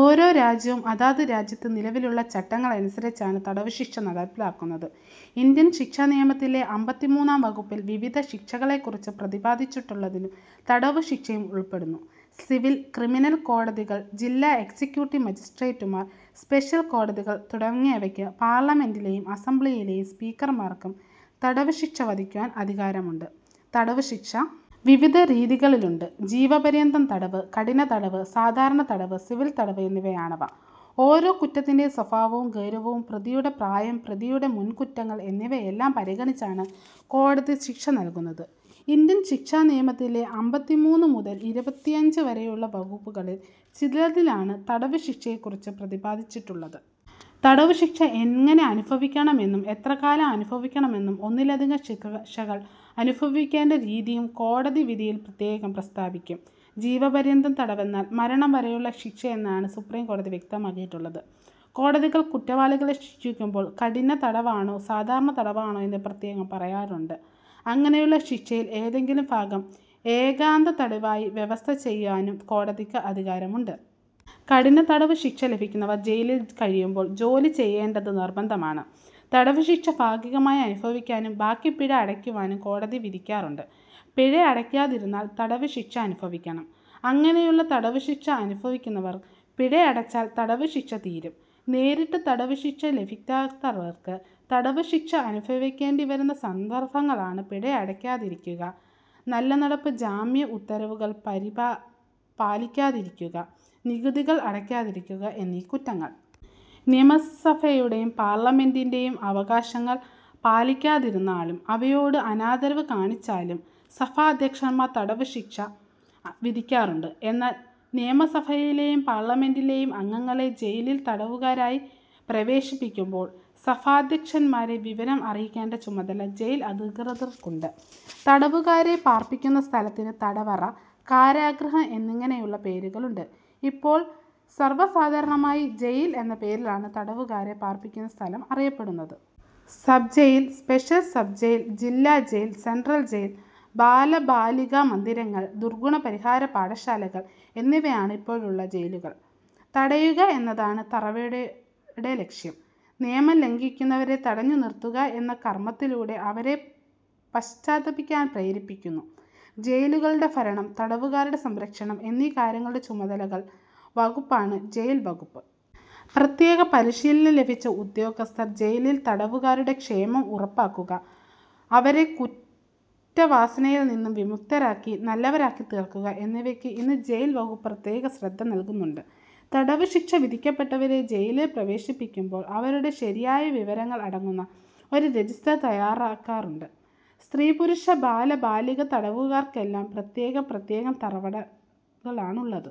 ഓരോ രാജ്യവും അതത് രാജ്യത്ത് നിലവിലുള്ള ചട്ടങ്ങൾ അനുസരിച്ചാണ് തടവുശിക്ഷ നടപ്പിലാക്കുന്നത്. ഇന്ത്യൻ ശിക്ഷാനിയമത്തിലെ അമ്പത്തിമൂന്നാം വകുപ്പിൽ വിവിധ ശിക്ഷകളെക്കുറിച്ച് പ്രതിപാധിച്ചിട്ടുള്ളതിൽ തടവുശിക്ഷയും ഉൾപ്പെടുന്നു. സിവിൽ, ക്രിമിനൽ കോടതികൾ, ജില്ലാ എക്സിക്യൂട്ടീവ് മജിസ്ട്രേട്ടുമാർ, സ്പെഷൽകോടതികൾ തുടങ്ങിയവയ്ക്കും പാർലമെന്റിലെയും അസംബ്ലിയിലെയും സ്പീക്കർമാർക്കും തടവുശിക്ഷ വിധിക്കുവാൻ അധികാരമുണ്ട്. തടവുശിക്ഷ വിവിധ രീതികളിലുണ്ട്. ജീവപര്യന്തം തടവ്, കഠിനതടവ്, സാധാരണ തടവ്, സിവിൽ തടവ് എന്നിവയാണവ. ഓരോ കുറ്റത്തിൻ്റെ യും സ്വഭാവം, ഗൗരവം, പ്രതിയുടെ പ്രായം, പ്രതിയുടെ മുൻകുറ്റങ്ങൾ എന്നിവയെല്ലാം പരിഗണിച്ചാണ് കോടതി ശിക്ഷ നൽകുന്നത്. ഇന്ത്യൻ ശിക്ഷാനിയമത്തിലെ അമ്പത്തിമൂന്ന് മുതൽ എഴുപത്തിയഞ്ച് വരെയുള്ള വകുപ്പുകളിൽ ചിലതിലാണ് തടവുശിക്ഷയെക്കുറിച്ച് പ്രതിപാദിച്ചിട്ടുള്ളത്. തടവുശിക്ഷ എങ്ങനെ അനുഭവിക്കണമെന്നും എത്രകാലം അനുഭവിക്കണമെന്നും ഒന്നിലധികം ശിക്ഷകൾ അനുഭവിക്കേണ്ട രീതിയും കോടതി വിധിയിൽ പ്രത്യേകം പ്രസ്താവിക്കും. ജീവപര്യന്തം തടവെന്നാൽ മരണം വരെയുള്ള ശിക്ഷയാണെന്ന് സുപ്രീംകോടതി വ്യക്തമാക്കിയിട്ടുണ്ട്. കോടതികൾ കുറ്റവാളികളെ ശിക്ഷിക്കുമ്പോൾ കഠിനതടവാണോ സാധാരണ തടവാണോ എന്ന് പ്രത്യേകം പറയാറുണ്ട്. അങ്ങനെയുള്ള ശിക്ഷയിൽ ഏതെങ്കിലും ഭാഗം ഏകാന്തതടവായി വ്യവസ്ഥ ചെയ്യുവാനും കോടതിക്ക് അധികാരമുണ്ട്. കഠിനതടവുശിക്ഷ ലഭിക്കുന്നവർ ജയിലിൽ കഴിയുമ്പോൾ ജോലി ചെയ്യേണ്ടത് നിർബന്ധമാണ്. തടവുശിക്ഷ ഭാഗികമായി അനുഭവിക്കാനും ബാക്കി പിഴ അടയ്ക്കുവാനും കോടതി വിധിക്കാറുണ്ട്. പിഴ അടയ്ക്കാതിരുന്നാലും തടവുശിക്ഷ അനുഭവിക്കണം. അങ്ങനെയുള്ള തടവുശിക്ഷ അനുഭവിക്കുമ്പോൾ പിഴ അടച്ചാൽ തടവുശിക്ഷ തീരും. നേരിട്ട് തടവുശിക്ഷ ലഭിക്കാത്തവർക്കും തടവുശിക്ഷ അനുഭവിക്കേണ്ടിവരുന്ന സന്ദർഭങ്ങളാണ് പിഴ അടയ്ക്കാതിരിക്കുക, നല്ലനടപ്പ് ജാമ്യ ഉത്തരവുകൾ പാലിക്കാതിരിക്കുക, നികുതികൾ അടയ്ക്കാതിരിക്കുക എന്നീ കുറ്റങ്ങൾ. നിയമസഭകളുടെയും പാർലമെന്റിൻ്റെ യും അവകാശങ്ങൾ പാലിക്കാതിരുന്നാലും അവയോട് അനാദരവ് കാണിച്ചാലും സഭാധ്യക്ഷന്മാർ തടവുശിക്ഷ വിധിക്കാറുണ്ട്. എന്നാൽ നിയമസഭകളിലെയും പാർലമെന്റിലെയും അംഗങ്ങളെ ജയിലിൽ തടവുകാരായി പ്രവേശിപ്പിക്കുമ്പോൾ സഭാധ്യക്ഷന്മാരെ വിവരം അറിയിക്കേണ്ട ചുമതല ജയിൽ അധികൃതർക്കുണ്ട്. തടവുകാരെ പാർപ്പിക്കുന്ന സ്ഥലത്തിന് തടവറ, കാരാഗൃഹം എന്നിങ്ങനെയുള്ള പേരുകളുണ്ട്. ഇപ്പോൾ സർവസാധാരണമായി ജയിൽ എന്ന പേരിലാണ് തടവുകാരെ പാർപ്പിക്കുന്ന സ്ഥലം അറിയപ്പെടുന്നത്. Sub jail, special sub jail, ജില്ലാ ജയിൽ, സെൻട്രൽ ജയിൽ, ബാലബാലികാ മന്ദിരങ്ങൾ, ദുർഗുണപരിഹാര പാഠശാലകൾ എന്നിവയാണ് ഇപ്പോഴുള്ള ജയിലുകൾ. തടയുക എന്നതാണ് തടവറയുടെ ലക്ഷ്യം. നിയമം ലംഘിക്കുന്നവരെ തടഞ്ഞുനിർത്തുക എന്ന കർമ്മത്തിലൂടെ അവരെ പശ്ചാത്തപിക്കാൻ പ്രേരിപ്പിക്കുന്നു. ജയിലുകളുടെ ഭരണം, തടവുകാരുടെ സംരക്ഷണം എന്നീ കാര്യങ്ങളുടെ ചുമതലയുള്ള വകുപ്പാണ് ജയിൽ വകുപ്പ്. പ്രത്യേക പരിശീലനം ലഭിച്ച ഉദ്യോഗസ്ഥർ ജയിലിൽ തടവുകാരുടെ ക്ഷേമം ഉറപ്പാക്കുക, അവരെ കുറ്റവാസനയിൽനിന്ന് വിമുക്തരാക്കി നല്ലവരാക്കിത്തീർക്കുക എന്നിവയ്ക്കും ഇന്ന് ജയിൽ വകുപ്പ് പ്രത്യേക ശ്രദ്ധ നൽകുന്നുണ്ട്. തടവുശിക്ഷ വിധിക്കപ്പെട്ടവരെ ജയിലിൽ പ്രവേശിപ്പിക്കുമ്പോൾ അവരുടെ ശരിയായ വിവരങ്ങൾ അടങ്ങുന്ന ഒരു രജിസ്റ്റർ തയ്യാറാക്കാറുണ്ട്. സ്ത്രീ, പുരുഷ, ബാല, ബാലികാ തടവുകാർക്കെല്ലാം പ്രത്യേകം പ്രത്യേകം തടവറകളാണുള്ളത്.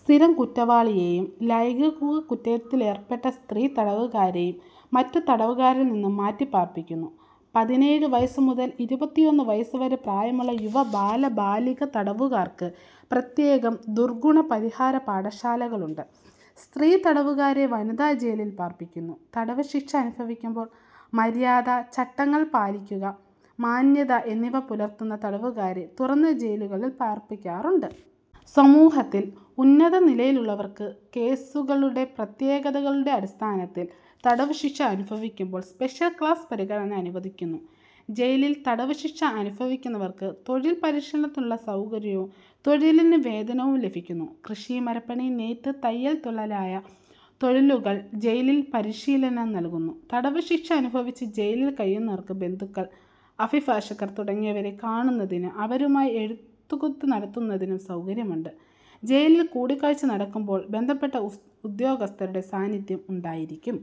സ്ഥിരം കുറ്റവാളികളെയും ലൈംഗിക കുറ്റത്തിലേർപ്പെടുന്ന സ്ത്രീ തടവുകാരെയും മറ്റു തടവുകാരിൽനിന്ന് മാറ്റി പാർപ്പിക്കുന്നു. പതിനേഴ് വയസ്സുമുതൽ ഇരുപത്തിയൊന്ന് വയസ്സുവരെ പ്രായമുള്ള യുവ, ബാല, ബാലികാ തടവുകാർക്ക് പ്രത്യേകം ദുർഗുണപരിഹാര പാഠശാലകളുണ്ട്. സ്ത്രീ തടവുകാരെ വനിതാ ജയിലിൽ പാർപ്പിക്കുന്നു. തടവുശിക്ഷ അനുഭവിക്കുമ്പോൾ മര്യാദ, ചട്ടങ്ങൾ പാലിക്കൽ, മാന്യത എന്നിവ പുലർത്തുന്ന തടവുകാരെ തുറന്ന ജയിലുകളിൽ പാർപ്പിക്കാറുണ്ട്. സമൂഹത്തിൽ ഉന്നത നിലയിലുള്ളവർക്ക് കേസുകളുടെ പ്രത്യേകതകളുടെ അടിസ്ഥാനത്തിൽ തടവുശിക്ഷ അനുഭവിക്കുമ്പോൾ സ്പെഷ്യൽ ക്ലാസ് പരിഗണന അനുവദിക്കുന്നു. ജയിലിൽ തടവുശിക്ഷ അനുഭവിക്കുന്നവർക്ക് തൊഴിൽ പരിശീലനത്തിനുള്ള സൗകര്യവും തൊഴിലിന് വേതനവും ലഭിക്കുന്നു. കൃഷി, മരപ്പണി, നെയ്ത്ത്, തയ്യൽ മുതലായ തൊഴിലുകളിൽ ജയിലിൽ പരിശീലനം നൽകുന്നു. തടവുശിക്ഷ അനുഭവിച്ച് ജയിലിൽ കഴിയുന്നവർക്ക് ബന്ധുക്കൾ, അഭിഭാഷകർ തുടങ്ങിയവരെ കാണുന്നതിനും അവരുമായി എഴുത്തുകുത്ത് നടത്തുന്നതിനും സൗകര്യമുണ്ട്. ജയിലിൽ കൂടിക്കാഴ്ച നടക്കുമ്പോൾ ബന്ധപ്പെട്ട ഉദ്യോഗസ്ഥരുടെ സാന്നിധ്യം ഉണ്ടായിരിക്കും.